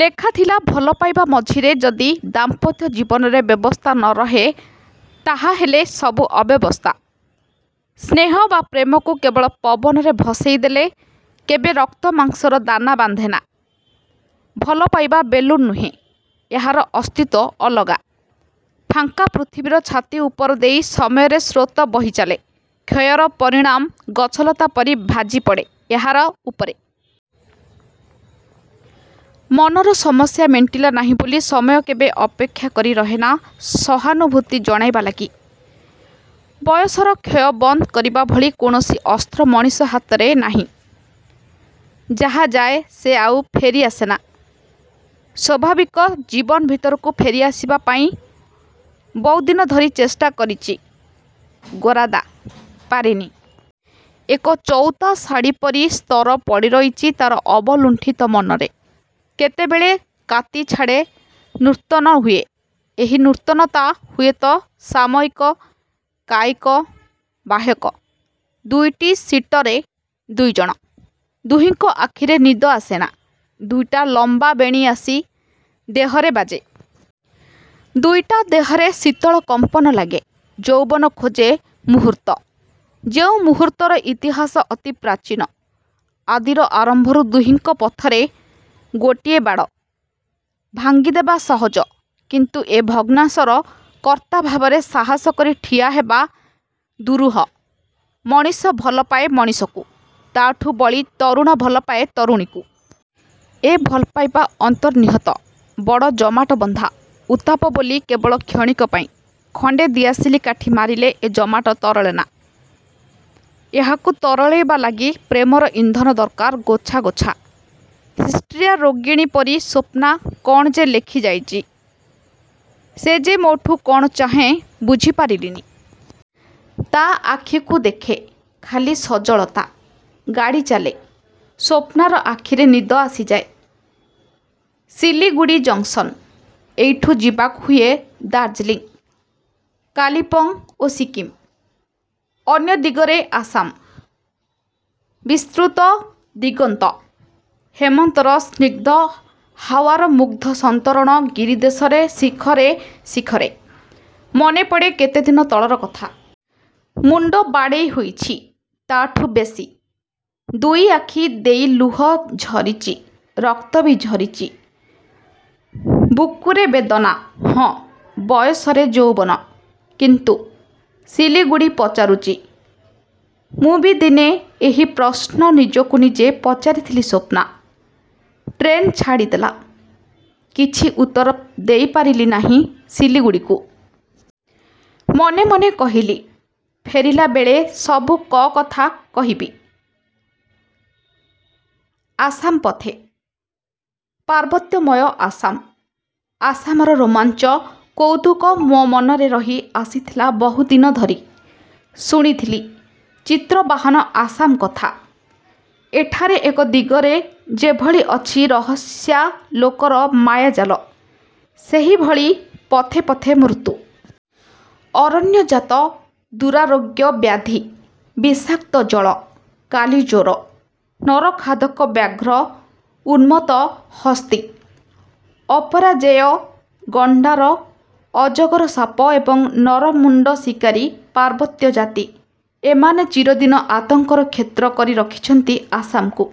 ଲେଖାଥିଲା- ''ଭଲପାଇବା ମଝିରେ ଯଦି ଦାମ୍ପତ୍ୟ-ଜୀବନରେ ବ୍ୟବସ୍ଥା ନ ରହେ, ତାହାହେଲେ ସବୁ ଅବ୍ୟବସ୍ଥା। ସ୍ନେହ ବା ପ୍ରେମକୁ କେବଳ ପବନରେ ଭସେଇଦେଲେ କେବେ ରକ୍ତ ମାଂସର ଦାନା ବାନ୍ଧେନା। ଭଲ ପାଇବା ବେଲୁନ୍ ନୁହେଁ, ଏହାର ଅସ୍ତିତ୍ୱ ଅଲଗା। ଫାଙ୍କା ପୃଥିବୀର ଛାତି ଉପର ଦେଇ ସମୟରେ ସ୍ରୋତ ବହିଚାଲେ, କ୍ଷୟର ପରିଣାମ ଗଛଲତା ପରି ଭାଜିପଡ଼େ ଏହାର ଉପରେ। ମନର ସମସ୍ୟା ମେଣ୍ଟିଲା ନାହିଁ ବୋଲି ସମୟ କେବେ ଅପେକ୍ଷା କରି ରହେନା ସହାନୁଭୂତି ଜଣାଇବା ଲାଗି। ବୟସର କ୍ଷୟ ବନ୍ଦ କରିବା ଭଳି କୌଣସି ଅସ୍ତ୍ର ମଣିଷ ହାତରେ ନାହିଁ। ଯାହା ଯାଏ, ସେ ଆଉ ଫେରିଆସେନା। ସ୍ୱାଭାବିକ ଜୀବନ ଭିତରକୁ ଫେରିଆସିବା ପାଇଁ ବହୁଦିନ ଧରି ଚେଷ୍ଟା କରିଚି ଗୋରାଦା, ପାରିନି। ଏକ ଚଉତା ଶାଢ଼ି ପରି ସ୍ତର ପଡ଼ିରହିଚି ତାର ଅବଲୁଣ୍ଠିତ ମନରେ। କେତେବେଳେ କାତି ଛାଡ଼େ, ନୂତନ ହୁଏ। ଏହି ନୂତନତା ହୁଏତ ସାମୟିକ, କାୟିକ, ବାହ୍ୟିକ। ଦୁଇଟି ସିଟରେ ଦୁଇଜଣ। ଦୁହିଁଙ୍କ ଆଖିରେ ନିଦ ଆସେନା। ଦୁଇଟା ଲମ୍ବା ବେଣୀ ଆସି ଦେହରେ ବାଜେ। ଦୁଇଟା ଦେହରେ ଶୀତଳ କମ୍ପନ୍ ଲାଗେ। ଯୌବନ ଖୋଜେ ମୁହୂର୍ତ୍ତ, ଯେଉଁ ମୁହୂର୍ତ୍ତର ଇତିହାସ ଅତି ପ୍ରାଚୀନ, ଆଦିର ଆରମ୍ଭରୁ ଦୁହିଁଙ୍କ ପଥରେ ଗୋଟିଏ ବାଡ଼। ଭାଙ୍ଗିଦେବା ସହଜ। କିନ୍ତୁ ଏ ଭଗ୍ନାଂଶର କର୍ତ୍ତା ଭାବରେ ସାହସ କରି ଠିଆହେବା ଦୂରୁହ। ମଣିଷ ଭଲପାଏ ମଣିଷକୁ, ତାଠୁ ବଳି ତରୁଣ ଭଲ ପାଏ ତରୁଣୀକୁ। ଏ ଭଲପାଇବା ଅନ୍ତର୍ନିହତ, ବଡ଼ ଜମାଟବନ୍ଧା। ଉତ୍ତାପ ବୋଲି କେବଳ କ୍ଷଣିକ ପାଇଁ। ଖଣ୍ଡେ ଦିଆସିଲି କାଠି ମାରିଲେ ଏ ଜମାଟ ତରଳେ ନା। ଏହାକୁ ତରଳେଇବା ଲାଗି ପ୍ରେମର ଇନ୍ଧନ ଦରକାର ଗୋଛା ଗୋଛା। ହିଷ୍ଟ୍ରିୟା ରୋଗିଣୀ ପରି ସ୍ୱପ୍ନା କ'ଣ ଯେ ଲେଖିଯାଇଚି, ସେ ଯେ ମୋଠୁ କ'ଣ ଚାହେଁ ବୁଝିପାରିଲିନି। ତା ଆଖିକୁ ଦେଖେ, ଖାଲି ସଜଳତା। ଗାଡ଼ିଚାଲେ। ସ୍ୱପ୍ନାର ଆଖିରେ ନିଦ ଆସିଯାଏ। ସିଲିଗୁଡ଼ି ଜଙ୍କ୍ସନ। ଏଇଠୁ ଯିବାକୁ ହୁଏ ଦାର୍ଜିଲିଂ, କାଲିପଙ୍ଗ୍ ଓ ସିକିମ୍। ଅନ୍ୟ ଦିଗରେ ଆସାମ। ବିସ୍ତୃତ ଦିଗନ୍ତ। ହେମନ୍ତର ସ୍ନିଗ୍ଧ ହାଓ୍ୱାର ମୁଗ୍ଧ ସନ୍ତରଣ ଗିରିଦେଶରେ ଶିଖରେ ଶିଖରେ। ମନେପଡ଼େ କେତେ ଦିନ ତଳର କଥା। ମୁଣ୍ଡ ବାଡ଼େଇ ହୋଇଛି ତାଠୁ ବେଶୀ। ଦୁଇ ଆଖି ଦେଇ ଲୁହ ଝରିଚି, ରକ୍ତ ବି ଝରିଚି। ବୁକୁରେ ବେଦନା, ହଁ ବୟସରେ ଯୌବନ, କିନ୍ତୁ। ସିଲିଗୁଡ଼ି ପଚାରୁଚି। ମୁଁ ବି ଦିନେ ଏହି ପ୍ରଶ୍ନ ନିଜକୁ ନିଜେ ପଚାରିଥିଲି ସ୍ୱପ୍ନା? ଟ୍ରେନ ଛାଡ଼ିଦେଲା। କିଛି ଉତ୍ତର ଦେଇପାରିଲି ନାହିଁ ସିଲିଗୁଡ଼ିକୁ। ମନେ ମନେ କହିଲି, ଫେରିଲାବେଳେ ସବୁ କକଥା କହିବି। ଆସାମ ପଥେ। ପାର୍ବତ୍ୟମୟ ଆସାମ। ଆସାମର ରୋମାଞ୍ଚ କୌତୁକ ମୋ ମନରେ ରହି ଆସିଥିଲା ବହୁଦିନ ଧରି। ଶୁଣିଥିଲି, ଚିତ୍ରବାହନ ଆସାମ କଥା। ଏଠାରେ ଏକ ଦିଗରେ ଯେଭଳି ଅଛି ରହସ୍ୟାଲୋକର ମାୟାଜାଲ, ସେହିଭଳି ପଥେ ପଥେ ମୃତ୍ୟୁ। ଅରଣ୍ୟଜାତ ଦୁରାରୋଗ୍ୟ ବ୍ୟାଧି, ବିଷାକ୍ତ ଜଳ, କାଲିଜ୍ୱର, ନରଖାଦକ ବ୍ୟାଘ୍ର, ଉନ୍ମତ୍ତ ହସ୍ତୀ, ଅପରାଜେୟ ଗଣ୍ଡାର, ଅଜଗର ସାପ ଏବଂ ନରମୁଣ୍ଡଶିକାରୀ ପାର୍ବତ୍ୟ ଜାତି। ଏମାନେ ଚିରଦିନ ଆତଙ୍କର କ୍ଷେତ୍ର କରି ରଖିଛନ୍ତି ଆସାମକୁ।